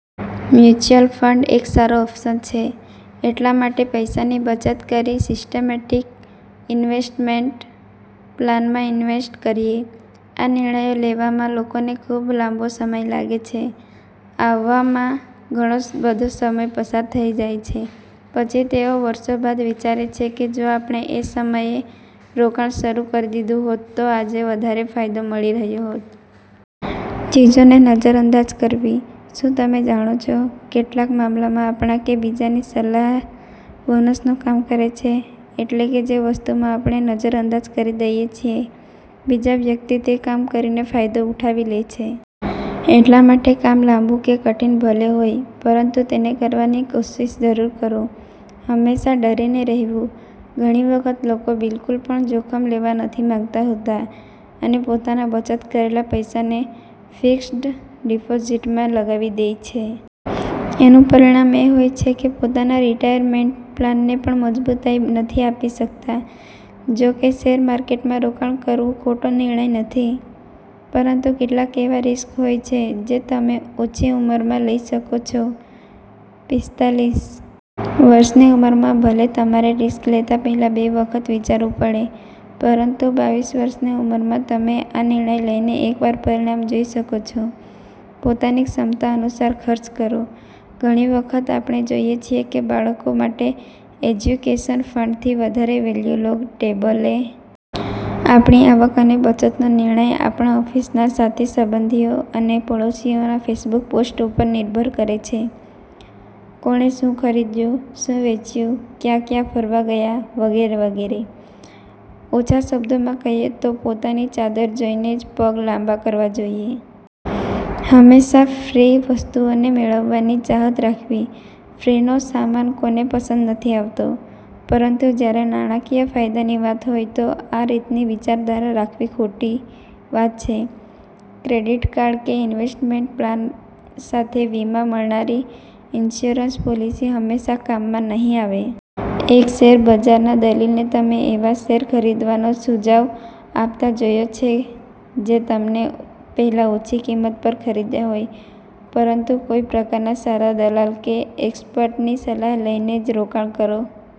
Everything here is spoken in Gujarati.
મ્યુચલ ફંડ એક સારો ઓપ્શન છે એટલા માટે પૈસાની બચત કરી સિસ્ટમેટિક ઇન્વેસ્ટમેન્ટ પ્લાનમાં ઇન્વેસ્ટ કરીએ. આ નિર્ણયો લેવામાં લોકોને ખૂબ લાંબો સમય લાગે છે. આવવામાં ઘણો બધો સમય પસાર થઈ જાય છે પછી તેઓ વર્ષો બાદ વિચારે છે કે જો આપણે એ સમયે રોકાણ શરૂ કરી દીધું હોત તો આજે વધારે ફાયદો મળી રહ્યો હોત. ચીજોને નજરઅંદાજ કરવી, શું તમે જાણો છો કેટલાક મામલામાં આપણા કે બીજાની સલાહ બોનસ નું કામ કરે છે. એટલે કે જે વસ્તુમાં આપણે નજર અંદાજ કરી દઈએ છીએ બીજા વ્યક્તિ તે કામ કરીને ફાયદો ઉઠાવી લે છે. એટલા માટે કામ લાંબુ કે કઠિન ભલે હોય પરંતુ તેને કરવાની કોશીશ જરૂર કરો. હંમેશા ડરીને રહેવું, ઘણી વખત લોકો બિલકુલ પણ જોખમ લેવા નથી માંગતા હોતા અને પોતાના બચત કરેલા પૈસાને ફિક્સ્ડ ડિપોઝિટમાં લગાવી દે છે. એનું પરિણામ એ હોય છે કે પોતાના રિટાયરમેન્ટ પ્લાન ને પણ મજબૂતાઈ નથી આપી શકતા. જો કે શેર માર્કેટમાં રોકાણ કરવું ખોટો નિર્ણય નથી. પરંતુ કેટલાક એવા રિસ્ક હોય છે જે તમે ઓછી ઉંમરમાં લઈ શકો છો.પિસ્તાલીસ વર્ષની ઉંમરમાં ભલે તમારે રિસ્ક લેતા પહેલાં બે વખત વિચારવું પડે પરંતુ બાવીસ વર્ષની ઉંમરમાં તમે આ નિર્ણય લઈને એકવાર પરિણામ જોઈ શકો છો. પોતાની ક્ષમતા અનુસાર ખર્ચ કરો. ઘણી વખત આપણે જોઈએ છીએ કે બાળકો માટે એજ્યુકેશન ફંડથી વધારે વેલ્યુ લૉગ ટેબલેટ ફોન ખરીદી આપીએ છીએ. આપણી આવક અને બચતનો નિર્ણય આપણા ઓફિસના સાથી સંબંધીઓ અને પડોશીઓના ફેસબુક પોસ્ટ ઉપર નિર્ભર કરે છે. કોણે શું ખરીદ્યું, શું વેચ્યું, ક્યાં ક્યાં ફરવા ગયા વગેરે વગેરે. ઓછા શબ્દોમાં કહીએ તો પોતાની ચાદર જોઈને જ પગ લાંબા કરવા જોઈએ. હંમેશા ફ્રી વસ્તુઓને મેળવવાની ચાહત રાખવી, ફ્રી નો સામાન કોને પસંદ નથી આવતો. પરંતુ જ્યારે નાણાકીય ફાયદાની વાત હોય તો આ રીતની વિચારધારા રાખવી ખોટી વાત છે. ક્રેડિટ કાર્ડ કે ઇન્વેસ્ટમેન્ટ પ્લાન સાથે વીમા મળનારી ઇન્સ્યોરન્સ પોલિસી હંમેશા કામમાં નહીં આવે. એક શેર બજારના દલીલને તમે એવા શેર ખરીદવાનો સુજાવ આપતા જોયો છે જે તમને પહેલા ઓછી કિંમત પર ખરીદ્યા હોય. પરંતુ કોઇ પ્રકારના સારા દલાલ કે એક્સપર્ટની સલાહ લઈને જ રોકાણ કરો.